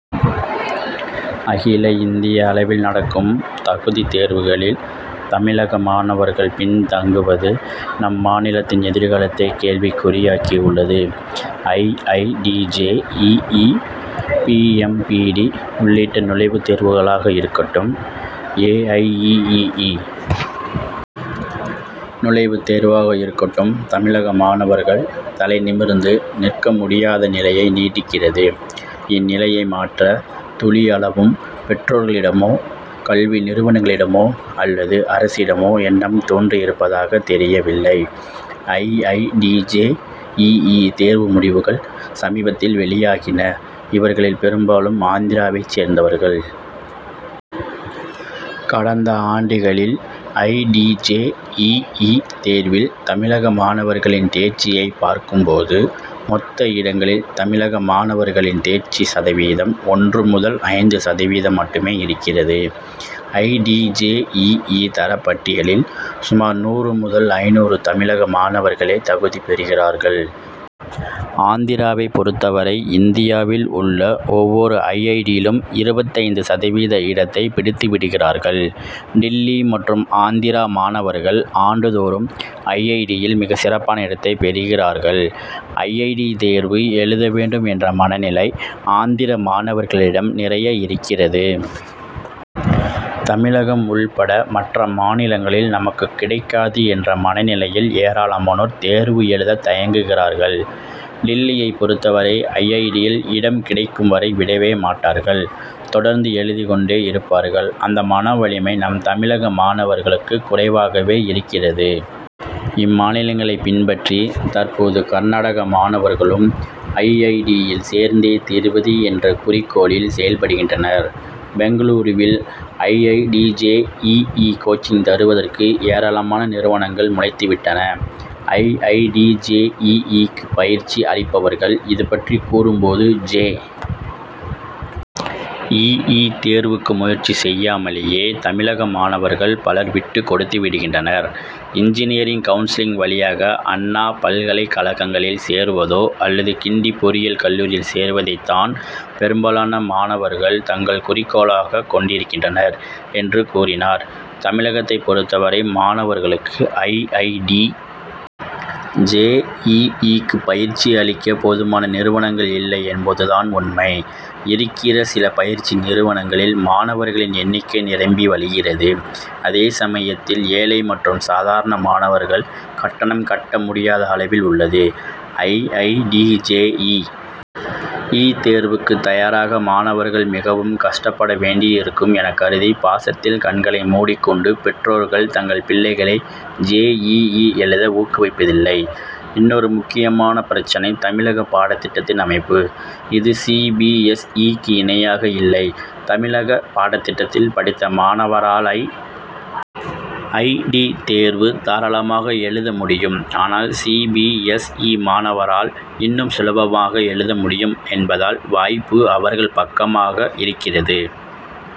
அகில இந்திய அளவில் நடக்கும் தகுதித் தேர்வுகளில், தமிழக மாணவர்கள் பின் தங்குவது, நம் மாநிலத்தின் எதிர்காலத்தை கேள்விக்குறியாக்கியுள்ளது. I. I. T. J. E. E., P. M. P. T., உள்ளிட்ட நுழைவுத் தேர்வுகளாக இருக்கட்டும், ஏ. ஐ. இ. இ. இ., நுழைவுத் தேர்வாக இருக்கட்டும், தமிழக மாணவர்கள் தலைநிமிர்ந்து நிற்க முடியாத நிலையை நீடிக்கிறது. இந்நிலையை மாற்ற, துளி அளவும் பெற்றோர்களிடமோ, கல்வி நிறுவனங்களிடமோ அல்லது அரசிடமோ எண்ணம் தோன்றியிருப்பதாக தெரியவில்லை. I. I. T., J. E. E., தேர்வு முடிவுகள் சமீபத்தில் வெளியாகின. இவர்களில் பெரும்பாலும் ஆந்திராவைச் சேர்ந்தவர்கள். கடந்த ஆண்டுகளில் I. T. J. E. E., தேர்வில் தமிழக மாணவர்களின் தேர்ச்சியைப் பார்க்கும் போது, மொத்த இடங்களில் தமிழக மாணவர்களின் தேர்ச்சி சதவீதம் ஒன்று முதல் ஐந்து சதவீதம் மட்டுமேஇருக்கிறது. I. T. J. E. E., தரப்பட்டியலில் சுமார் நூறு முதல் ஐந்நூறு தமிழக மாணவர்களே தகுதி பெறுகிறார்கள். ஆந்திராவைப் பொறுத்தவரை இந்தியாவில் உள்ள ஒவ்வொரு ஐ. ஐ. டி.,யிலும் இருபத்தைந்து சதவீத இடத்தைப் பிடித்து விடுகிறார்கள். டில்லி மற்றும் ஆந்திரா மாணவர்கள் ஆண்டுதோறும் ஐ. ஐ. டி.,யில் மிகச்சிறப்பான இடத்தைப் பெறுகிறார்கள். ஐ. ஐ. டி., தேர்வு எழுத வேண்டும் என்ற மனநிலை ஆந்திர மாணவர்களிடம் நிறைய இருக்கிறது. தமிழகம் உள்பட மற்ற மாநிலங்களில், நமக்குக் கிடைக்காது' என்ற மனநிலையில் ஏராளமானோர் தேர்வு எழுதத் தயங்குகிறார்கள். டில்லியைப் பொறுத்தவரை, ஐ. ஐ. டி.,யில் இடம் கிடைக்கும் வரை, விடவே மாட்டார்கள். தொடர்ந்து எழுதிக் கொண்டே இருப்பார்கள். அந்த மனவலிமை நம் தமிழக மாணவர்களுக்கு குறைவாகவே இருக்கிறது. இம்மாநிலங்களைப் பின்பற்றி தற்போது கர்நாடக மாணவர்களும், ஐ. ஐ. டி.,யில் சேர்ந்தே தீருவது என்ற குறிக்கோளில் செயல்படுகின்றனர். பெங்களூருவில் I. I. T. J. E. E., coaching தருவதற்கு ஏராளமான நிறுவனங்கள் முளைத்துவிட்டன. I. I. T. J. E. இ.,க்கு பயிற்சி அளிப்பவர்கள் இது பற்றி கூறும் போது, ஜே. இ. இ., தேர்வுக்கு முயற்சி செய்யாமலேயே தமிழக மாணவர்கள் பலர் விட்டுக் கொடுத்துவிடுகின்றனர். இன்ஜினியரிங் கவுன்சிலிங் வழியாக அண்ணா பல்கலைக்கழகங்களில் சேர்வதோ அல்லது கிண்டி பொறியியல் கல்லூரியில்சேர்வதைத்தான் பெரும்பாலான மாணவர்கள் தங்கள் குறிக்கோளாகக் கொண்டிருக்கின்றனர் என்று கூறினார். தமிழகத்தைப் பொறுத்தவரை மாணவர்களுக்கு I. I. T. J. E. இ.,க்கு பயிற்சி அளிக்க போதுமான நிறுவனங்கள் இல்லை என்பதுதான் உண்மை. இருக்கிற சில பயிற்சி நிறுவனங்களில் மாணவர்கள் எண்ணிக்கை நிரம்பி வழிகிறது. அதே சமயத்தில், ஏழை மற்றும்சாதாரண மாணவர்கள் கட்டணம் கட்ட முடியாத அளவில் உள்ளது. I. I. T. J. E. இ.,தேர்வுக்கு தயாராக மாணவர்கள் மிகவும் கஷ்டப்பட வேண்டியிருக்கும் எனக் கருதி பாசத்தில் கண்களை மூடிக்கொண்டு பெற்றோர்கள், தங்கள் பிள்ளைகளை ஜே. இ. இ., எழுத ஊக்குவிப்பதில்லை. இன்னொரு முக்கியமான பிரச்னை, தமிழக பாடத்திட்டத்தின் அமைப்பு. இது சி. பி. எஸ். இ.,க்கு இணையாக இல்லை. தமிழக பாடத்திட்டத்தில் படித்த மாணவரால் ஐ. ஐ. டி., தேர்வு தாராளமாக எழுத முடியும். ஆனால், சி. பி. எஸ். இ., மாணவரால் இன்னும் சுலபமாக எழுத முடியும் என்பதால் வாய்ப்பு அவர்கள் பக்கமாக இருக்கிறது.